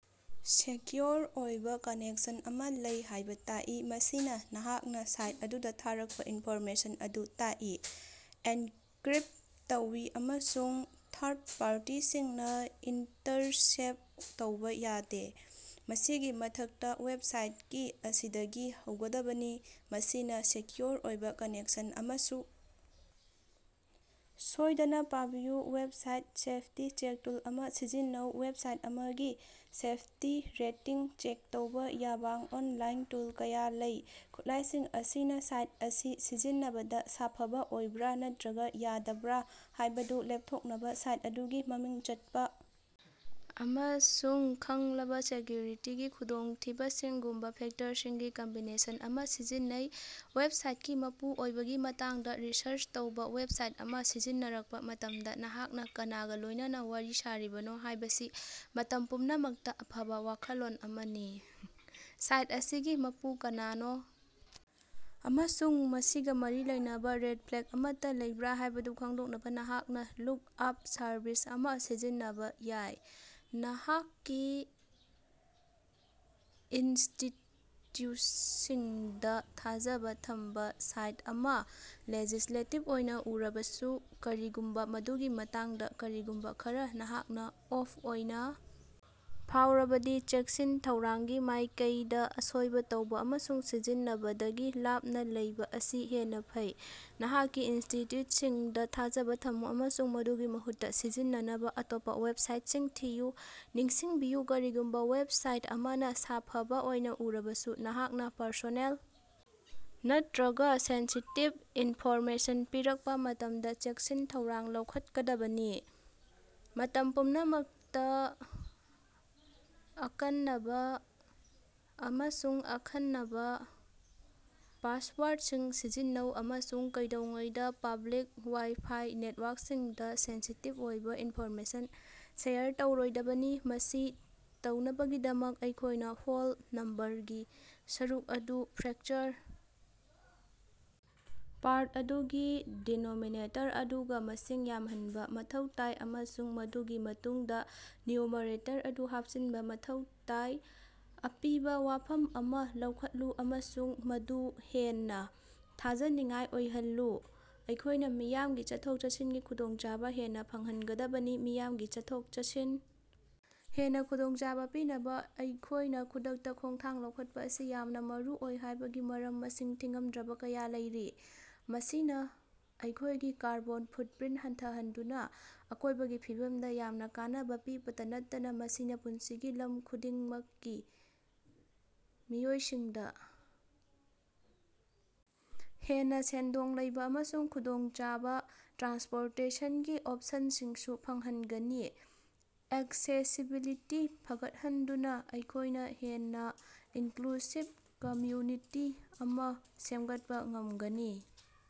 Secure ꯑꯣꯏꯕ connection ꯑꯃꯥ ꯂꯩ ꯍꯥꯏꯕ ꯇꯥꯛꯏ, ꯃꯁꯤꯅ ꯅꯍꯥꯛꯅ ꯁꯥꯏꯠ ꯑꯗꯨꯗ ꯊꯥꯔꯛꯄ ꯏꯟꯐꯣꯔꯃꯦꯁꯟ ꯑꯗꯨ ꯇꯥꯛꯏ꯫ ꯑꯦꯟꯀꯔꯤꯞ ꯇꯧꯏ ꯑꯃꯁꯨꯡ ꯊꯥꯔꯗ ꯄꯥꯔꯇꯤꯁꯤꯡꯅ ꯏꯟꯇꯔꯁꯦꯞ ꯇꯧꯕ ꯌꯥꯗꯦ꯫ ꯃꯁꯤꯒꯤ ꯃꯊꯛꯇ, ꯋꯦꯕꯁꯥꯏꯇꯀꯤ ꯑꯁꯤꯗꯒꯤ ꯍꯧꯒꯗꯕꯅꯤ, ꯃꯁꯤꯅ ꯁꯦꯀ꯭ꯌꯨꯑꯣꯔ ꯑꯣꯏꯕ ꯀꯅꯦꯛꯁꯟ ꯑꯃꯁꯨ ꯁꯣꯏꯗꯅ ꯄꯥꯕꯤꯌꯨ꯫ ꯋꯦꯕꯁꯥꯏꯠ ꯁꯦꯐꯇꯤ-ꯆꯦꯛ ꯇꯨꯜ ꯑꯃꯥ ꯁꯤꯖꯤꯟꯅꯧ: ꯋꯦꯕꯁꯥꯏꯠ ꯑꯃꯒꯤ ꯁꯦꯐꯇꯤ ꯔꯦꯇꯤꯡ ꯆꯦꯛ ꯇꯧꯕ ꯌꯥꯕꯥꯡ ꯑꯣꯟꯂꯥꯏꯟ ꯇꯨꯜ ꯀꯌꯥ ꯂꯩ꯫ ꯈꯨꯠꯂꯥꯏꯁꯤꯡ ꯑꯁꯤꯅ ꯁꯥꯏꯠ ꯑꯁꯤ ꯁꯤꯖꯤꯟꯅꯕꯗ ꯁꯥꯐꯕ ꯑꯣꯏꯕ꯭ꯔ ꯅꯠꯇ꯭ꯔꯒ ꯌꯥꯗꯕ꯭ꯔ ꯍꯥꯏꯕꯗꯨ ꯂꯦꯞꯊꯣꯛꯅꯕ ꯁꯥꯏꯠ ꯑꯗꯨꯒꯤ ꯃꯃꯤꯡ ꯆꯠꯄ ꯑꯃꯁꯨꯡ ꯈꯪꯂꯕ ꯁꯦꯀ‌꯭ꯌꯨꯔꯤꯇꯤꯒꯤ ꯈꯨꯗꯣꯡꯊꯤꯕꯁꯤꯡꯒꯨꯝꯕ ꯐꯦꯛꯇꯔꯁꯤꯡꯒꯤ ꯀꯝꯕꯤꯅꯦꯁꯟ ꯑꯃꯥ ꯁꯤꯖꯤꯟꯅꯩ꯫ ꯋꯦꯕꯁꯥꯏꯠꯀꯤ ꯃꯄꯨ ꯑꯣꯏꯕꯒꯤ ꯃꯇꯥꯡꯗꯥ ꯔꯤꯁꯔꯆ ꯇꯧꯕ: ꯋꯦꯕꯁꯥꯏꯠ ꯑꯃ ꯁꯤꯖꯤꯟꯅꯔꯛꯄ ꯃꯇꯝꯗ ꯅꯍꯥꯛꯅ ꯀꯅꯥꯒ ꯂꯣꯏꯅꯅ ꯋꯥꯔꯤ ꯁꯥꯔꯤꯕꯅꯣ ꯍꯥꯏꯕꯁꯤ ꯃꯇꯝ ꯄꯨꯝꯅꯃꯛꯇ ꯑꯐꯕꯥ ꯋꯥꯈꯜꯂꯣꯟ ꯑꯃꯅꯤ꯫ ꯁꯥꯏꯠ ꯑꯁꯤꯒꯤ ꯃꯄꯨ ꯀꯅꯥꯅꯣ ꯑꯃꯁꯨꯡ ꯃꯁꯤꯒ ꯃꯔꯤ ꯂꯩꯅꯕ ꯔꯦꯗ ꯄ꯭ꯂꯦꯒ ꯑꯃꯠꯇ ꯂꯩꯕ꯭ꯔꯥ ꯍꯥꯏꯕꯗꯨ ꯈꯪꯗꯣꯛꯅꯕ ꯅꯍꯥꯛꯅ ꯂꯨꯛꯑꯥꯞ ꯁꯔꯚꯤꯁ ꯑꯃꯥ ꯁꯤꯖꯤꯟꯅꯕ ꯌꯥꯏ꯫ ꯅꯍꯥꯛꯀꯤ ꯏꯟꯁ꯭ꯇꯤꯠꯌꯨꯠꯁꯤꯡꯗꯥ ꯊꯥꯖꯕ ꯊꯝꯕ: ꯁꯥꯏꯠ ꯑꯃꯅ ꯂꯦꯖꯤꯁ꯭ꯂꯦꯇꯤꯚ ꯑꯣꯏꯅ ꯎꯔꯕꯁꯨ, ꯀꯔꯤꯒꯨꯝꯕ ꯃꯗꯨꯒꯤ ꯃꯇꯥꯡꯗ ꯀꯔꯤꯒꯨꯝꯕ ꯈꯔ ꯅꯍꯥꯛꯅ ꯑꯣꯐ ꯑꯣꯏꯅ ꯐꯥꯎꯔꯕꯗꯤ, ꯆꯦꯛꯁꯤꯟ ꯊꯧꯔꯥꯡꯒꯤ ꯃꯥꯏꯀꯩꯗ ꯑꯁꯣꯏꯕ ꯇꯧꯕ ꯑꯃꯁꯨꯡ ꯁꯤꯖꯤꯟꯅꯕꯗꯒꯤ ꯂꯥꯞꯅ ꯂꯩꯕ ꯑꯁꯤ ꯍꯦꯟꯅ ꯐꯩ꯫ ꯅꯍꯥꯛꯀꯤ ꯏꯟꯁ꯭ꯇꯤꯠꯌꯨꯠꯁꯤꯡꯗ ꯊꯥꯖꯕ ꯊꯝꯃꯨ ꯑꯃꯁꯨꯡ ꯃꯗꯨꯒꯤ ꯃꯍꯨꯠꯇ ꯁꯤꯖꯤꯟꯅꯅꯕ ꯑꯇꯣꯞꯄ ꯋꯦꯕꯁꯥꯏꯠꯁꯤꯡ ꯊꯤꯌꯨ꯫ ꯅꯤꯡꯁꯤꯡꯕꯤꯌꯨ, ꯀꯔꯤꯒꯨꯝꯕ ꯋꯦꯕꯁꯥꯏꯠ ꯑꯃꯅ ꯁꯥꯐꯕ ꯑꯣꯏꯅ ꯎꯔꯕꯁꯨ, ꯅꯍꯥꯛꯅ ꯄꯔꯁꯣꯅꯦꯜ ꯅꯠꯇꯔꯒ ꯁꯦꯟꯁꯤꯇꯤꯚ ꯏꯟꯐꯣꯔꯃꯦꯁꯟ ꯄꯤꯔꯛꯄ ꯃꯇꯝꯗ ꯆꯦꯛꯁꯤꯟ ꯊꯧꯔꯥꯡ ꯂꯧꯈꯠꯀꯗꯕꯅꯤ꯫ ꯃꯇꯝ ꯄꯨꯝꯅꯃꯛꯇ ꯑꯀꯟꯅꯕ ꯑꯃꯁꯨꯡ ꯑꯈꯟꯅꯕ ꯄꯥꯁꯋꯥꯔꯗꯁꯤꯡ ꯁꯤꯖꯤꯟꯅꯧ, ꯑꯃꯁꯨꯡ ꯀꯩꯗꯧꯉꯩꯗ ꯄꯕ꯭ꯂꯤꯛ ꯋꯥꯏ-ꯐꯥꯏ ꯅꯦꯠꯋꯥꯔꯛꯁꯤꯡꯗ ꯁꯦꯟꯁꯤꯇꯤꯚ ꯑꯣꯏꯕ ꯏꯟꯐꯣꯔꯃꯦꯁꯟ ꯁꯦꯌꯔ ꯇꯧꯔꯣꯏꯗꯕꯅꯤ꯫ ꯃꯁꯤ ꯇꯧꯅꯕꯒꯤꯗꯃꯛ ꯑꯩꯈꯣꯏꯅ ꯍꯣꯜ ꯅꯝꯕꯔꯒꯤ ꯁꯔꯨꯛ ꯑꯗꯨ ꯐ꯭ꯔꯦꯛꯆꯔ ꯄꯥꯔꯠ ꯑꯗꯨꯒꯤ ꯗꯦꯅꯣꯃꯤꯅꯦꯇꯔ ꯑꯗꯨꯒ ꯃꯁꯤꯡ ꯌꯥꯝꯍꯟꯕ ꯃꯊꯧ ꯇꯥꯏ ꯑꯃꯁꯨꯡ ꯃꯗꯨꯒꯤ ꯃꯇꯨꯡꯗ ꯅ꯭ꯌꯨꯃꯔꯦꯇꯔ ꯑꯗꯨ ꯍꯥꯞꯆꯤꯟꯕ ꯃꯊꯧ ꯇꯥꯏ꯫ ꯑꯄꯤꯕ ꯋꯥꯐꯝ ꯑꯃ ꯂꯧꯈꯠꯂꯨ ꯑꯃꯁꯨꯡ ꯃꯗꯨ ꯍꯦꯟꯅ ꯊꯥꯖꯅꯤꯡꯉꯥꯏ ꯑꯣꯏꯍꯜꯂꯨ꯫ ꯑꯩꯈꯣꯏꯅ ꯃꯤꯌꯥꯝꯒꯤ ꯆꯠꯊꯣꯛ-ꯆꯠꯁꯤꯟꯒꯤ ꯈꯨꯗꯣꯡꯆꯥꯕ ꯍꯦꯟꯅ ꯐꯪꯍꯟꯒꯗꯕꯅꯤ꯫ ꯃꯤꯌꯥꯝꯒꯤ ꯆꯠꯊꯣꯛ-ꯆꯠꯁꯤꯟ ꯍꯦꯟꯅ ꯈꯨꯗꯣꯡꯆꯥꯕ ꯄꯤꯅꯕ ꯑꯩꯈꯣꯏꯅ ꯈꯨꯗꯛꯇ ꯈꯣꯡꯊꯥꯡ ꯂꯧꯈꯠꯄ ꯑꯁꯤ ꯌꯥꯝꯅ ꯃꯔꯨ ꯑꯣꯏ ꯍꯥꯏꯕꯒꯤ ꯃꯔꯝ ꯃꯁꯤꯡ ꯊꯤꯉꯝꯗ꯭ꯔꯕ ꯀꯌꯥ ꯂꯩꯔꯤ꯫ ꯃꯁꯤꯅ ꯑꯩꯈꯣꯏꯒꯤ ꯀꯥꯔꯕꯣꯟ ꯐꯨꯠꯄꯔꯤꯟꯠ ꯍꯟꯊꯍꯟꯗꯨꯅ ꯑꯀꯣꯏꯕꯒꯤ ꯐꯤꯕꯝꯗ ꯌꯥꯝꯅ ꯀꯥꯟꯅꯕ ꯄꯤꯕꯇ ꯅꯠꯇꯅ ꯃꯁꯤꯅ ꯄꯨꯟꯁꯤꯒꯤ ꯂꯝ ꯈꯨꯗꯤꯡꯃꯛꯀꯤ ꯃꯤꯑꯣꯏꯁꯤꯡꯗ ꯍꯦꯟꯅ ꯁꯦꯟꯗꯣꯡ ꯂꯩꯕ ꯑꯃꯁꯨꯡ ꯈꯨꯗꯣꯡꯆꯥꯕ ꯇ꯭ꯔꯥꯟꯁꯄꯣꯔꯇꯦꯁꯟꯒꯤ ꯑꯣꯞꯁꯟꯁꯤꯡꯁꯨ ꯐꯪꯍꯟꯒꯅꯤ꯫ ꯑꯦꯛꯁꯦꯁꯤꯕꯤꯂꯤꯇꯤ ꯐꯒꯠꯍꯟꯗꯨꯅ ꯑꯩꯈꯣꯏꯅ ꯍꯦꯟꯅ ꯏꯟꯀ꯭ꯂꯨꯁꯤꯕ ꯀꯝꯃ‍꯭ꯌꯨꯅꯤꯇꯤ ꯑꯃꯥ ꯁꯦꯝꯒꯠꯄ ꯉꯝꯒꯅꯤ꯫